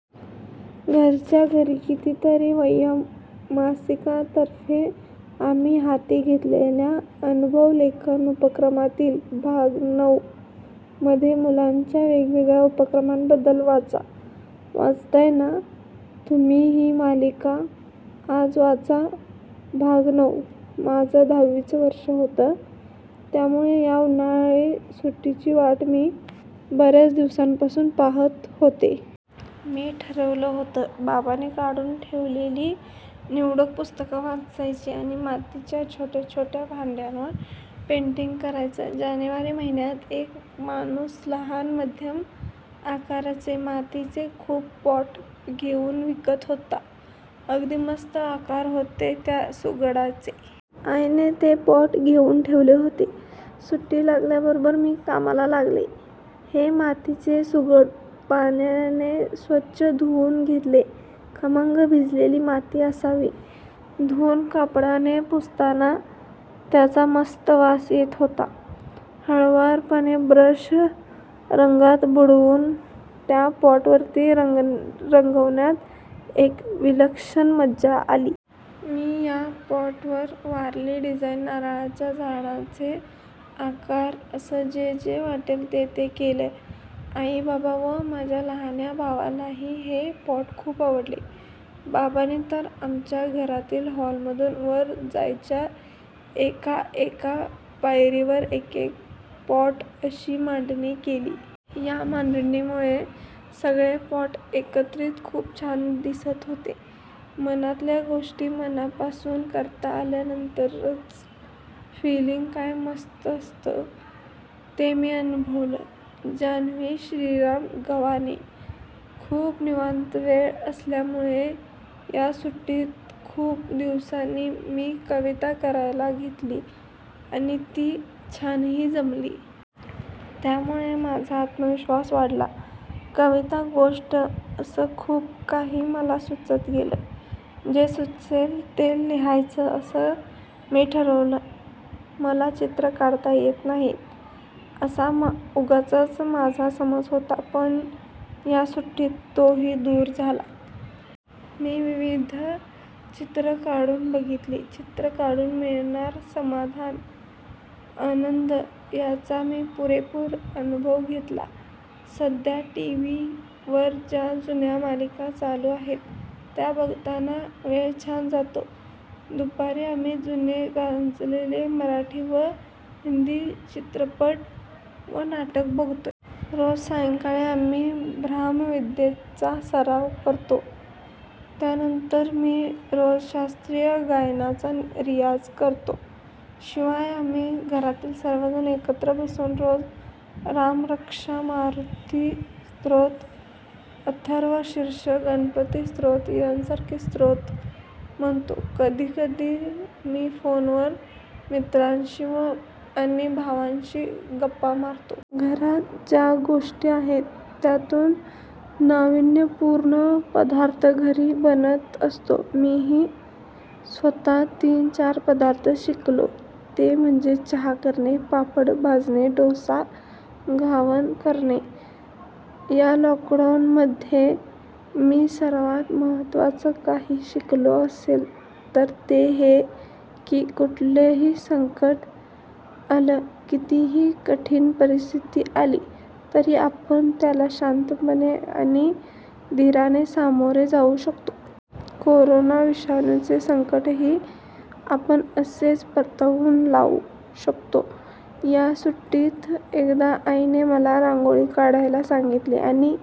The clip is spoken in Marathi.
घरच्या घरी, कितीतरी वयम् मासिकातर्फे आम्ही हाती घेतलेल्या अनुभव-लेखन उपक्रमातील भाग नऊ मध्ये मुलांच्या वेगवेगळ्या उपक्रमांबद्दल वाचा. वाचताय ना तुम्ही ही मालिका? आज वाचा भाग- नऊ. माझं दहावीचं वर्ष होतं. त्यामुळे या उन्हाळी सुट्टीची वाट मी बऱ्याच दिवसांपासून पाहत होते. मी ठरवलं होतं, बाबांनी काढून ठेवलेली निवडक पुस्तकं वाचायची आणि मातीच्या छोट्या-छोट्या भांड्यांवर पेंटिंग करायचं. जानेवारी महिन्यात, एक माणूस लहान, मध्यम आकाराचे मातीचे खूप पॉट घेऊन विकत होता. अगदी मस्त आकार होते त्या सुगडांचे. आईने ते पॉट घेऊन ठेवले होते. सुट्टी लागल्याबरोबर मी कामाला लागले. हे मातीचे सुगड पाण्याने स्वच्छ धुऊन घेतले. खमंग भाजलेली माती असावी. धुऊन कापडाने पुसताना त्याचा मस्त वास येत होता. हळुवारपणे ब्रश रंगात बुडवून त्या पॉटवरती रंगवण्यात एक विलक्षण मजा आली. मी या पॉटवर वारली डिझाइन, नारळांच्या झाडांचे आकार असं जे-जे वाटलं ते-ते केलं. आई, बाबा व माझ्या लहान्या भावालाही हे पॉट खूप आवडले. बाबांनी तर आमच्या घरातील, हॉलमधून वर जायच्या एका-एका पायरीवर एकेक पॉट अशी मांडणी केली. या मांडणीमुळे सगळे पॉट एकत्रित खूप छान दिसत होते. मनातल्या गोष्टी, मनापासून करता आल्यानंतरचं फिलिंग कसं मस्त असतं, ते मी अनुभवलं. जान्हवी श्रीराम गव्हाणे, खूप निवांत वेळ असल्यामुळे या सुट्टीत खूप दिवसांनी मी कविता करायला घेतली आणि ती छानही जमली. त्यामुळे माझा आत्मविश्वास वाढला. कविता, गोष्टी असं खूप काही मला सुचत गेलं. जे सुचेल ते लिहायचं असं मी ठरवलं. मला चित्र काढता येत नाहीत, असा उगाचच माझा समज होता. पण या सुट्टीत तोही दूर झाला. मी विविध चित्रं काढून बघितली. चित्र काढून मिळणार समाधान, आनंद याचा मी पुरेपूर अनुभव घेतला. सध्या टीव्हीवर ज्या जुन्या मालिका चालू आहेत, त्या बघताना वेळ छान जातो. दुपारी आम्ही जुने गाजलेले मराठी व हिंदी चित्रपट व नाटकं बघतोय. रोज सायंकाळी आम्ही ब्रह्मविद्येचा सराव करतो. त्यानंतर मी रोज शास्त्रीय गायनाचा रियाज करतो. शिवाय आम्ही घरातील सर्वजण एकत्र बसून रोज रामरक्षा, मारुती स्तोत्र, अथर्वशीर्ष, गणपती स्तोत्र यासारखी स्तोत्रं म्हणतो. कधी-कधी मी फोनवर मित्रांशी आणि भावाशी गप्पा मारतो. घरात ज्या गोष्टी आहेत, त्यातून नाविन्यपूर्ण पदार्थ घरी बनत असतो. मीही स्वतः तीन-चार पदार्थ शिकलो, ते म्हणजे चहा करणे, पापड भाजणे, डोसा, घावन करणे. या लॉकडाऊनमध्ये मी सर्वात महत्त्वाचं काही शिकलो असेल तर ते हे, की कुठलंही संकट आलं, कितीही कठीण परिस्थिती आली तरी आपण त्याला शांतपणे आणि धीराने सामोरे जाऊ शकतो. कोरोना विषाणूचे संकटही आपण असेच परतवून लावू शकतो. या सुट्टीत एकदा आईने मला रांगोळी काढायला सांगितली, आणि